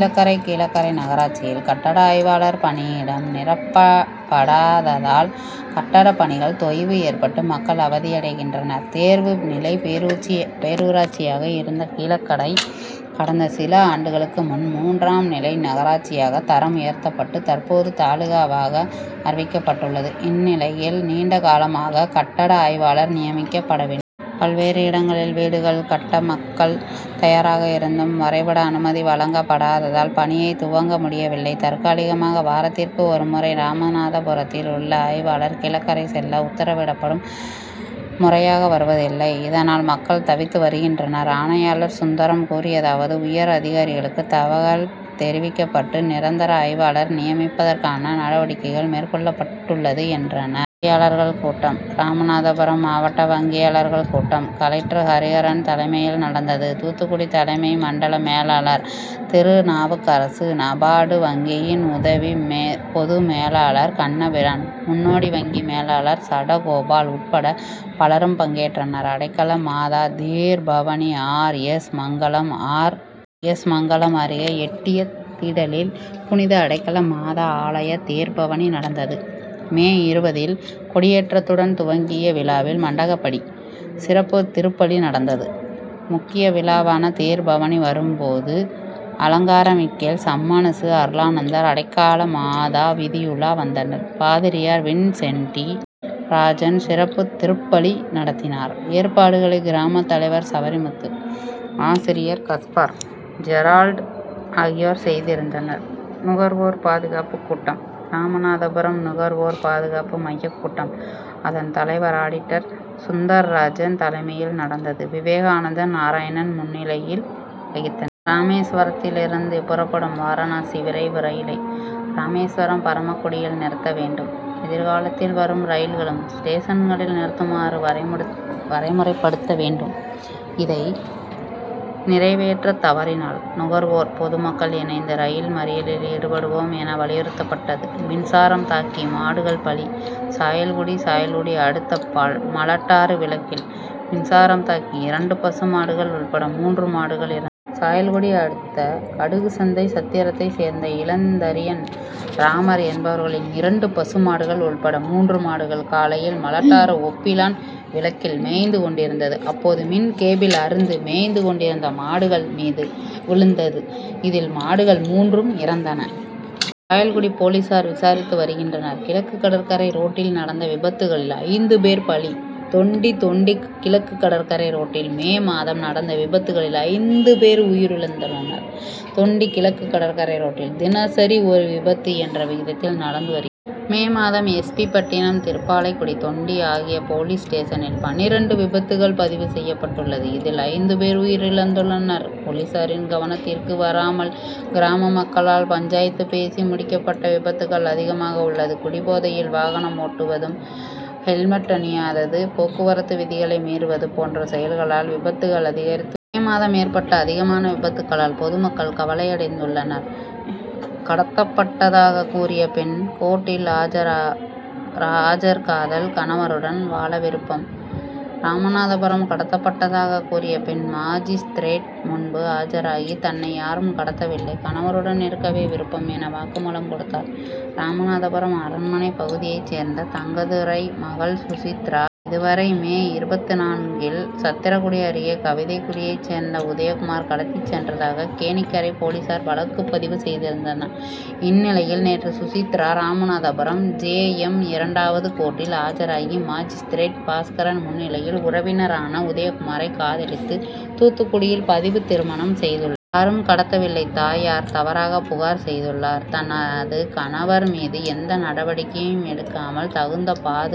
கீழக்கரை கீழக்கரை நகராட்சியில் கட்டட ஆய்வாளர் பணியிடம் நிரப்படாததால், கட்டட பணிகள் தொய்வு ஏற்பட்டு மக்கள் அவதியடைகின்றனர். தேர்வு நிலை பேரூராட்சியாக இருந்த கீழக்கரை கடந்த சில ஆண்டுகளுக்கு முன் மூன்றாம் நிலை நகராட்சியாக தரம் உயர்த்தப்பட்டு தற்போது தாலுகாவாக அறிவிக்கப்பட்டுள்ளது. இந் நிலையில் நீண்ட காலமாக கட்டட ஆய்வாளர் நியமிக்கப்படவில்லை. பல்வேறு இடங்களில் வீடுகள் கட்ட மக்கள் தயாராக இருந்தும் வரைபட அனுமதி வழங்கப் படாததால் பணியை துவங்க முடியவில்லை. தற்காலிகமாக வாரத்திற்கு ஒருமுறை ராமநாதபுரத்தில் உள்ள ஆய்வாளர் கீழக்கரை செல்ல உத்தரவிடப்பட்டும் முறையாக வருவதில்லை. இதனால் மக்கள் தவித்து வருகின்றனர். ஆணையாளர் சுந்தரம் கூறியதாவது உயர் அதிகாரிகளுக்கு தகவல் தெர்விக்கப்பட்டு நிரந்தர ஆய்வாளர் நியமிப்பதற்கான நடவடிக்கைகள் மேற்கொள்ளப் பட்டுள்ளது, என்றார். வங்கியாளர்கள் கூட்டம் ராமநாதபுரம் மாவட்ட வங்கியாளர்கள் கூட்டம் கலெக்டர் ஹரிஹரன் தலைமையில் நடந்தது. தூத்துக்குடி தலைமை மண்டல மேலாளர் திருநாவுக்கரசு, நபார்டு வங்கியின் உதவி பொதுமேலாளர் கண்ணபிரான், முன்னோடி வங்கி மேலாளர் சடகோபால் உட்பட பலரும் பங்கேற்றனர். அடைக்கல மாதா தேர்பவனி R. S. Mangalam R. S. Mangalam அருகே எட்டயதிடலில் புனித அடைக்கல மாதா ஆலய தேர்பவனி நடந்தது. மே இருபது ல் கொடியேற்றதுடன் துவங்கிய விழாவில் மண்டகபடி, சிறப்பு திருப்பலி நடந்தது. முக்கிய விழாவான தேர்பவனிபோது அலங்கார மிக்கேல், சம்மனசு அருளானந்தர், அடைக்கலமாதா வீதியுலா வந்தனர். பாதிரியார் வின்சென்ட் டி. ராஜன் சிறப்பு திருப் பலி நடத்தினார். ஏற் பாடுகளை கிராம தலைவர் சவரிமுத்து, ஆசிரியர் கஸ்பார், ஜெரால்ட் ஆகியோர் செய்திருந்தனர். நுகர்வோர் பாதுகாப்பு கூட்டம் ராமநாதபுரம் நுகர்வோர் பாதுகாப்பு மைய கூட்டம் அதன் தலைவர் ஆடிட்டர் சுந்தராஜன் தலைமையில் நடந்தது. விவேகானந்தன், நாராயணன் முன்னிலை வகித்தனர். ராமேஸ்வரத்திலிருந்து புறப்படும் வாரணாசி விரைவு ரயிலை ராமேஸ்வரம், பரமக்குடியில் நிறுத்த வேண்டும். எதிர்காலத்தில் வரும் ரயில்களும் ஸ்டேஷன்களில் நிறுத்துமாறு வரைமுறைப்படுத்த வேண்டும். இதை நிறைவேற்ற தவறினால் நுகர்வோர், பொதுமக்கள் இணைந்து ரயில் மறியலில் ஈடுபடுவோம், என வலியுறுத்தப்பட்டது. மின்சாரம் தாக்கி மாடுகள் பலி சாயல்குடி சாயல்குடி அடுத்த மலட்டாறு விலக்கில் மின் சாரம் தாக்கி இரண்டு பசு மாடுகள் உள்பட மூன்று மாடுகள் இறந்தன. சாயல்குடி அடுத்த கடுகுசந்தை சத்திரத்தை சேர்ந்த இளந்தரியன், ராமர் என்பவர்களின் இரண்டு பசு மாடுகள் உள்பட மூன்று மாடுகள் காலையில் மலட்டாறு ஒப்பிலான் விலக்கில் மேய்ந்து கொண்டிருந்தது. அப்போது, மின் கேபிள் அறுந்து, மேய்ந்து கொண்டிருந்த மாடுகள் மீது விழுந்தது. இதில் மாடுகள் மூன்றும் இறந்தன. சாயல்குடி போலீசார் விசாரித்து வருகின்றனர். கிழக்கு கடற்கரை ரோட்டில் நடந்த விபத்துகளில் ஐந்து பேர் பலி தொண்டி தொண்டி கிழக்குகடற்கரை ரோட்டில் மே மாதம் நடந்த விபத்துகளில் ஐந்து பேர் உயிரிழந்துள்ளனர். தொண்டி கிழக்கு கடற்கரை ரோட்டில் தினசரி ஒரு விபத்து என்ற விகிதத்தில் நடந்து வருகிறது. மே மாதம் எஸ். பி. பட்டினம், திருப்பாலைக்குடி, தொண்டி ஆகிய போலீஸ்ஸ்டேஷனில் பன்னிரண்டு விபத்துகள் பதிவு செய்யபட்டது. இதில் ஐந்துபேர் உயிழந்துள்ளனர். போலீசாரின் கவனத்திற்கு வராமல் கிராம மக்களால் பஞ்சாயத்து பேசி முடிக்கபட்ட விபத்துகள் அதிகமாக உள்ளது. குடிபோதையில் வாகனம் ஓட்டுவது, ஹெல்மெட் அணியாதது, போக்குவரத்து விதிகளை மீறுவது போன்ற செயல்களால் விபத்துகள் அதிகரித்து வருகிறது. மே மாதம் ஏற்பட்ட அதிகமான விபத்துகளால் பொதுமக்கள் கவலையடைந்துள்ளனர். கடத்தப்பட்டதாக கூறிய பெண் கோர்ட்டில் ஆஜர்காதல் கணவருடன் வாழ விருப்பம் ராமநாதபுரம் கடத்தப்பட்டதாக கூறிய பெண் மாஜிஸ்திரேட் முன்பு ஆஜராகி, தன்னை யாரும் கடத்தவில்லை, கணவருடன் இருக்கவே விருப்பம் என, வாக்குமூலம் கொடுத்தார். ராமநாதபுரம் அரண் மனை பகுதியை சேர்ந்த தங்கதுரை மகள் சுசித்ரா. இவரை மே இருபத்து நான்கு ல் சத்திரக்குடி அருகே கவிதைகுடியை சேர்ந்த உதயகுமார் கடத்தி சென்றதாக கேணிக்கரை போலீசார் வழக்குபதிவு செய்திருந்தனர். இந்நிலையில் நேற்று சுசித்ரா ராமநாதபுரம் ஜே. எம். இரண்டாவது கோர்ட்டில் ஆஜராகி மாஜிஸ்திரேட் பாஸ்கரன் முன்னிலையில் உறவினரான உதயகுமாரை காதலித்து தூத்துக் குடியில் பதிவு திருமணம் செய்துள்ளேன். யாரும் கடத்தவில்லை. தாயார் தவறாக புகார் செய்துள்ளார். தனது கணவர் மீது எந்த நடவடிக்கையும் எடுக்காமல் தகுந்த பாதுகாப்பு